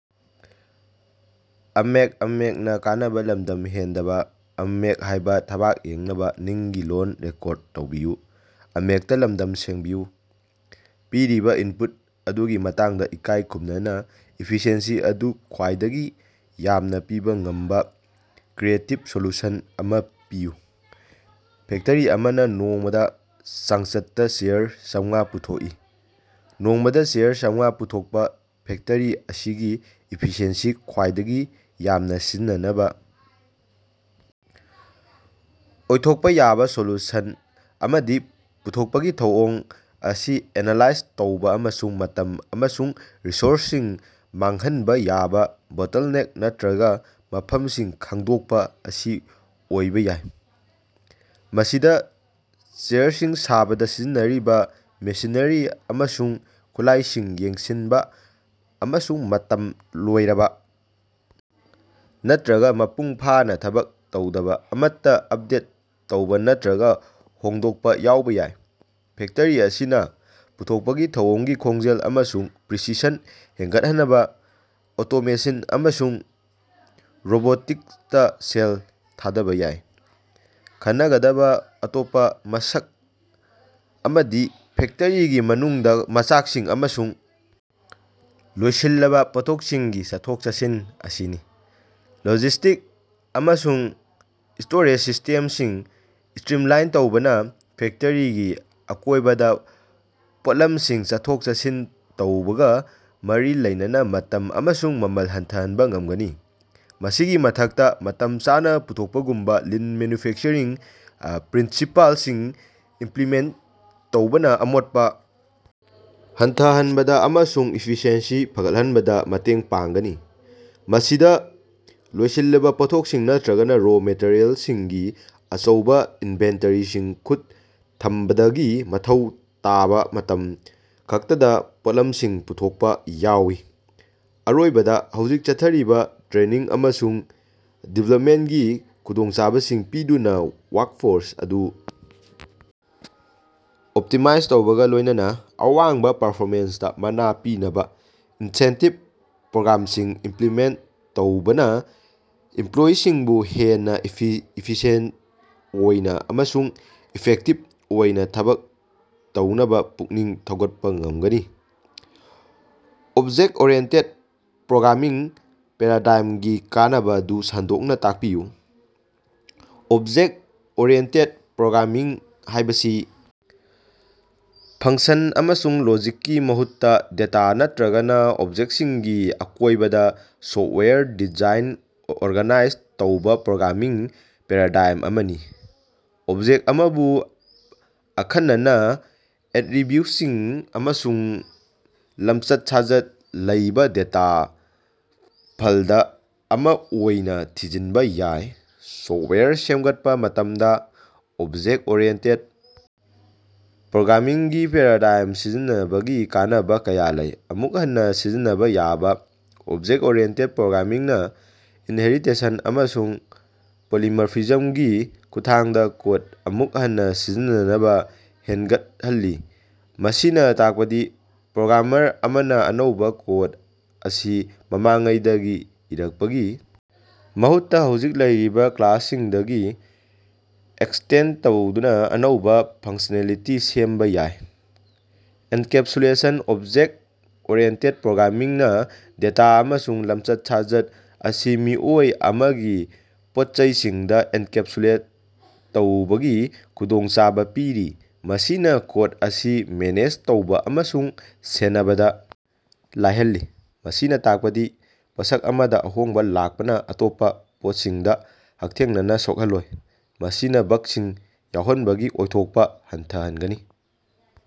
ꯄꯤꯔꯤꯕ ꯏꯟꯄꯨꯠ ꯑꯗꯨꯒꯤ ꯃꯇꯥꯡꯗ ꯏꯀꯥꯏ ꯈꯨꯝꯅꯅ, ꯏꯐꯤꯁꯤꯑꯦꯟꯁꯤ ꯑꯗꯨ ꯈ꯭ꯋꯥꯏꯗꯒꯤ ꯌꯥꯝꯅ ꯄꯤꯕ ꯉꯝꯕ ꯀ꯭ꯔꯤꯌꯦꯇꯤꯚ ꯁꯣꯂꯨꯁꯟ ꯑꯃ ꯄꯤꯌꯨ꯫ ꯐꯦꯛꯇꯔꯤ ꯑꯃꯅ ꯅꯣꯡꯃꯗ ꯆꯥꯡꯆꯠꯇ ꯆꯦꯌꯔ ꯆꯥꯃꯉꯥ ꯄꯨꯊꯣꯛꯏ꯫ ꯅꯣꯡꯃꯗ ꯆꯦꯌꯔ ꯆꯥꯃꯉꯥ ꯄꯨꯊꯣꯛꯄ ꯐꯦꯛꯇꯔꯤ ꯑꯁꯤꯒꯤ ꯏꯐꯤꯁꯤꯑꯦꯟꯁꯤ ꯈ꯭ꯋꯥꯏꯗꯒꯤ ꯌꯥꯝꯅ ꯁꯤꯖꯤꯟꯅꯅꯕ ꯑꯣꯏꯊꯣꯛꯄ ꯌꯥꯕ ꯁꯣꯂꯨꯁꯟ ꯑꯃꯗꯤ ꯄꯨꯊꯣꯛꯄꯒꯤ ꯊꯧꯑꯣꯡ ꯑꯁꯤ ꯑꯦꯅꯂꯥꯏꯖ ꯇꯧꯕ ꯑꯃꯁꯨꯡ ꯃꯇꯝ ꯑꯃꯁꯨꯡ ꯔꯤꯁꯣꯔꯁꯁꯤꯡ ꯃꯥꯡꯍꯟꯕ ꯌꯥꯕ ꯕꯣꯇꯜꯅꯦꯛ ꯅꯠꯇ꯭ꯔꯒ ꯃꯐꯝꯁꯤꯡ ꯈꯪꯗꯣꯛꯄ ꯑꯁꯤ ꯑꯣꯏꯕ ꯌꯥꯏ꯫ ꯃꯁꯤꯗ ꯆꯦꯌꯔꯁꯤꯡ ꯁꯥꯕꯗ ꯁꯤꯖꯤꯟꯅꯔꯤꯕ ꯃꯦꯁꯤꯅꯔꯤ ꯑꯃꯁꯨꯡ ꯈꯨꯠꯂꯥꯏꯁꯤꯡ ꯌꯦꯡꯁꯤꯟꯕ ꯑꯃꯁꯨꯡ ꯃꯇꯝ ꯂꯣꯏꯔꯕ ꯅꯠꯇ꯭ꯔꯒ ꯃꯄꯨꯡ ꯐꯥꯅ ꯊꯕꯛ ꯇꯧꯗꯕ ꯑꯃꯠꯇ ꯑꯞꯗꯦꯠ ꯇꯧꯕ ꯅꯠꯇ꯭ꯔꯒ ꯍꯣꯡꯗꯣꯛꯄ ꯌꯥꯎꯕ ꯌꯥꯏ꯫ ꯐꯦꯛꯇꯔꯤ ꯑꯁꯤꯅ ꯄꯨꯊꯣꯛꯄꯒꯤ ꯊꯧꯑꯣꯡꯒꯤ ꯈꯣꯡꯖꯦꯜ ꯑꯃꯁꯨꯡ ꯄ꯭ꯔꯤꯁꯤꯁꯟ ꯍꯦꯟꯒꯠꯍꯟꯅꯕ ꯑꯣꯇꯣꯃꯦꯁꯤꯟ ꯑꯃꯁꯨꯡ ꯔꯣꯕꯣꯇꯤꯛꯁꯇ ꯁꯦꯜ ꯊꯥꯗꯕ ꯌꯥꯏ꯫ ꯈꯟꯅꯒꯗꯕꯥꯑꯇꯣꯞꯄ ꯃꯁꯛ ꯑꯃꯗꯤ ꯐꯦꯛꯇꯔꯤꯒꯤ ꯃꯅꯨꯡꯗ ꯃꯆꯥꯛꯁꯤꯡ ꯑꯃꯁꯨꯡ ꯂꯣꯏꯁꯤꯜꯂꯕ ꯄꯣꯠꯊꯣꯛꯁꯤꯡꯒꯤ ꯆꯠꯊꯣꯛ-ꯆꯠꯁꯤꯟ ꯑꯁꯤꯅꯤ꯫ ꯂꯣꯖꯤꯁ꯭ꯇꯤꯛꯁ ꯑꯃꯁꯨꯡ ꯁ꯭ꯇꯣꯔꯦꯖ ꯁꯤꯁꯇꯦꯝꯁꯤꯡ ꯁꯇ꯭ꯔꯤꯝꯂꯥꯏꯟ ꯇꯧꯕꯅ ꯐꯦꯛꯇꯔꯤꯒꯤ ꯑꯀꯣꯏꯕꯗ ꯄꯣꯠꯂꯝꯁꯤꯡ ꯆꯠꯊꯣꯛ-ꯆꯠꯁꯤꯟ ꯇꯧꯕꯒꯥ ꯃꯔꯤ ꯂꯩꯅꯕ ꯃꯇꯝ ꯑꯃꯁꯨꯡ ꯃꯃꯜ ꯍꯟꯊꯍꯟꯕ ꯉꯝꯒꯅꯤ꯫ ꯃꯁꯤꯒꯤ ꯃꯊꯛꯇ, ꯃꯇꯝ ꯆꯥꯅ ꯄꯨꯊꯣꯛꯄꯒꯨꯝꯕ ꯂꯤꯟ ꯃꯦꯅ꯭ꯌꯨꯐꯦꯛꯆꯔꯤꯡ ꯄ꯭ꯔꯤꯟꯁꯤꯄꯥꯜꯁꯤꯡ ꯏꯝꯄ꯭ꯂꯤꯃꯦꯟꯇ ꯇꯧꯕꯅ ꯑꯃꯣꯠꯄ ꯍꯟꯊꯍꯟꯕꯗ ꯑꯃꯁꯨꯡ ꯏꯐꯤꯁꯤꯑꯦꯟꯁꯤ ꯐꯒꯠꯍꯟꯕꯗ ꯃꯇꯦꯡ ꯄꯥꯡꯒꯅꯤ꯫ ꯃꯁꯤꯗ ꯂꯣꯏꯁꯤꯜꯂꯕ ꯄꯣꯠꯊꯣꯛꯁꯤꯡ ꯅꯠꯇ꯭ꯔꯒ ꯔꯣ ꯃꯦꯇꯔꯤꯌꯦꯜꯁꯤꯡꯒꯤ ꯑꯆꯧꯕ ꯏꯟꯚꯦꯟꯇꯔꯤꯁꯤꯡ ꯈꯨꯠꯇ ꯊꯝꯕꯗꯒꯤ ꯃꯊꯧ ꯇꯥꯕ ꯃꯇꯝ ꯈꯛꯇꯗ ꯄꯣꯠꯂꯝꯁꯤꯡ ꯄꯨꯊꯣꯛꯄ ꯌꯥꯎꯏ꯫ ꯑꯔꯣꯏꯕꯗ, ꯍꯧꯖꯤꯛ ꯆꯠꯊꯔꯤꯕ ꯇ꯭ꯔꯦꯅꯤꯡ ꯑꯃꯁꯨꯡ ꯗꯤꯚꯦꯂꯞꯃꯦꯟꯇꯒꯤ ꯈꯨꯗꯣꯡꯆꯥꯕꯁꯤꯡ ꯄꯤꯗꯨꯅ ꯋ꯭ꯥꯔ꯭ꯛꯐꯣꯔꯁ ꯑꯗꯨ ꯑꯣꯞꯇꯤꯃꯥꯏꯖ ꯇꯧꯕꯒ ꯂꯣꯏꯅꯅ, ꯑꯋꯥꯡꯕ ꯄꯔꯐꯣꯃꯦꯟꯁꯇ ꯃꯅꯥ ꯄꯤꯅꯕ ꯏꯟꯁꯦꯟꯇꯤꯚ ꯄ꯭ꯔꯣꯒ꯭ꯔꯥꯝꯁꯤꯡ ꯏꯝꯄ꯭ꯂꯤꯃꯦꯟꯇ ꯇꯧꯕꯅ ꯏꯝꯄ꯭ꯂꯣꯌꯤꯁꯤꯡꯕꯨ ꯍꯦꯟꯅ ꯏꯐꯤꯁꯤꯑꯦꯟꯇ ꯑꯣꯏꯅ ꯑꯃꯁꯨꯡ ꯏꯐꯦꯛꯇꯤꯚ ꯑꯣꯏꯅ ꯊꯕꯛ ꯇꯧꯅꯕ ꯄꯨꯛꯅꯤꯡ ꯊꯧꯒꯠꯄ ꯉꯃꯒꯅꯤ꯫ ꯑꯣꯕꯖꯦꯛꯇ-ꯑꯣꯔꯤꯑꯦꯟꯇꯦꯗ ꯄ꯭ꯔꯣꯒ꯭ꯔꯥꯃꯤꯡ ꯄꯦꯔꯥꯗꯥꯏꯝꯒꯤ ꯀꯥꯟꯅꯕ ꯑꯗꯨ ꯁꯟꯗꯣꯛꯅ ꯇꯥꯛꯄꯤꯌꯨ꯫ ꯑꯣꯕꯖꯦꯛ-ꯑꯣꯔꯤꯑꯦꯟꯇꯦꯗ ꯄ꯭ꯔꯣꯒ꯭ꯔꯥꯃꯤꯡ ꯍꯥꯢꯕꯁꯤ ꯐꯪꯁꯟ ꯑꯃꯁꯨꯡ ꯂꯣꯖꯤꯛꯀꯤ ꯃꯍꯨꯠꯇ ꯗꯦꯇꯥ, ꯅꯠꯇ꯭ꯔꯒ ꯑꯣꯕꯖꯦꯛꯁꯤꯡꯒꯤ ꯑꯀꯣꯏꯕꯗ ꯁꯣꯐꯋꯥꯌꯔ ꯗꯤꯖꯥꯏꯟ ꯑꯣꯔꯒꯥꯅꯥꯏꯖ ꯇꯧꯕ ꯄ꯭ꯔꯣꯒ꯭ꯔꯥꯃꯤꯡ ꯄꯦꯔꯥꯗꯥꯏꯝ ꯑꯃꯅꯤ꯫ ꯑꯣꯕꯖꯦꯛ ꯑꯃꯕꯨ ꯑꯈꯟꯅꯕ ꯑꯦꯠꯔꯤꯕꯤꯎꯇꯁꯤꯡ ꯑꯃꯁꯨꯡ ꯂꯝꯆꯠ-ꯁꯥꯖꯠ ꯂꯩꯕ ꯗꯦꯇꯥ ꯐꯥꯜꯗ ꯑꯃ ꯑꯣꯏꯅ ꯊꯤꯖꯤꯟꯕ ꯌꯥꯏ꯫ ꯁꯣꯐꯋꯥꯌꯔ ꯁꯦꯞꯒꯠꯄ ꯃꯇꯝꯗ ꯑꯣꯕꯖꯦꯛ ꯑꯣꯔꯤꯌꯦꯟꯇꯦꯠ ꯄ꯭ꯔꯣꯒ꯭ꯔꯥꯃꯤꯡ ꯒꯤ ꯄꯦꯔꯥꯗꯥꯏꯝ ꯁꯤꯖꯤꯟꯅꯕꯒꯤ ꯀꯥꯟꯅꯕ ꯀꯌꯥ ꯂꯩ: ꯑꯃꯨꯛ ꯍꯟꯅ ꯁꯤꯖꯤꯟꯅꯕ ꯌꯥꯕ: ꯑꯣꯕꯖꯦꯛ ꯑꯣꯔꯤꯌꯦꯟꯇꯦꯠ ꯄ꯭ꯔꯣꯒ꯭ꯔꯥꯃꯤꯡ ꯅ ꯏꯟꯍꯦꯔꯤꯇꯦꯁꯟ ꯑꯃꯁꯨꯡ ꯄꯣꯂꯤꯃꯔꯐꯤꯖꯝꯒꯤ ꯈꯨꯠꯊꯥꯡꯗ ꯀꯣꯗ ꯑꯃꯨꯛ ꯍꯟꯅ ꯁꯤꯖꯤꯟꯅꯕ ꯍꯦꯟꯒꯠꯍꯜꯂꯤ꯫ ꯃꯁꯤꯅ ꯇꯥꯛꯄꯗꯤ ꯄ꯭ꯔꯣꯒ꯭ꯔꯥꯃꯔ ꯑꯃꯅ ꯑꯅꯧꯕ ꯀꯣꯗ ꯑꯁꯤ ꯃꯃꯥꯡꯉꯩꯗꯒꯤ ꯏꯔꯛꯄꯒꯤ ꯃꯍꯨꯠꯇ, ꯍꯧꯖꯤꯛ ꯂꯩꯔꯤꯕ ꯀ꯭ꯂꯥꯁꯁꯤꯡꯗꯒꯤ ꯑꯦꯛꯁꯇꯦꯟꯗ ꯇꯧꯗꯨꯅ ꯑꯅꯧꯕ ꯐꯪꯁꯅꯦꯂꯤꯇꯤ ꯁꯦꯝꯕ ꯌꯥꯏ꯫ ꯑꯦꯟꯀꯦꯞꯁꯨꯂꯦꯁꯟ: ꯑꯣꯕꯖꯦꯛ ꯑꯣꯔꯤꯌꯦꯟꯇꯦꯠ ꯄ꯭ꯔꯣꯒ꯭ꯔꯥꯃꯤꯡ ꯅ ꯗꯦꯇꯥ ꯑꯃꯁꯨꯡ ꯂꯝꯆꯠ-ꯁꯥꯖꯠ ꯑꯁꯤ ꯃꯤꯑꯣꯏ ꯑꯃꯒꯤ ꯄꯣꯠꯆꯩꯁꯤꯡꯗ ꯑꯦꯟꯀꯦꯞꯁꯨꯂꯦꯠ ꯇꯧꯕꯒꯤ ꯈꯨꯗꯣꯡꯆꯥꯕ ꯄꯤꯔꯤ, ꯃꯁꯤꯅ ꯀꯣꯗ ꯑꯁꯤ ꯃꯦꯅꯦꯖ ꯇꯧꯕ ꯑꯃꯁꯨꯡ ꯁꯦꯟꯅꯕꯗ ꯂꯥꯏꯍꯜꯂꯤ꯫ ꯃꯁꯤꯅ ꯇꯥꯛꯄꯗꯤ ꯄꯣꯠꯁꯛ ꯑꯃꯗ ꯑꯍꯣꯡꯕ ꯂꯥꯛꯄꯅ ꯑꯇꯣꯞꯄ ꯄꯣꯠꯁꯤꯡꯗ ꯍꯛꯊꯦꯡꯅꯅ ꯁꯣꯛꯍꯜꯂꯣꯏ, ꯃꯁꯤꯅ ꯕꯥꯒꯁꯤꯡ ꯌꯥꯎꯍꯟꯕꯒꯤ ꯑꯣꯏꯊꯣꯛꯄ ꯍꯟꯊꯍꯟꯒꯅꯤ꯫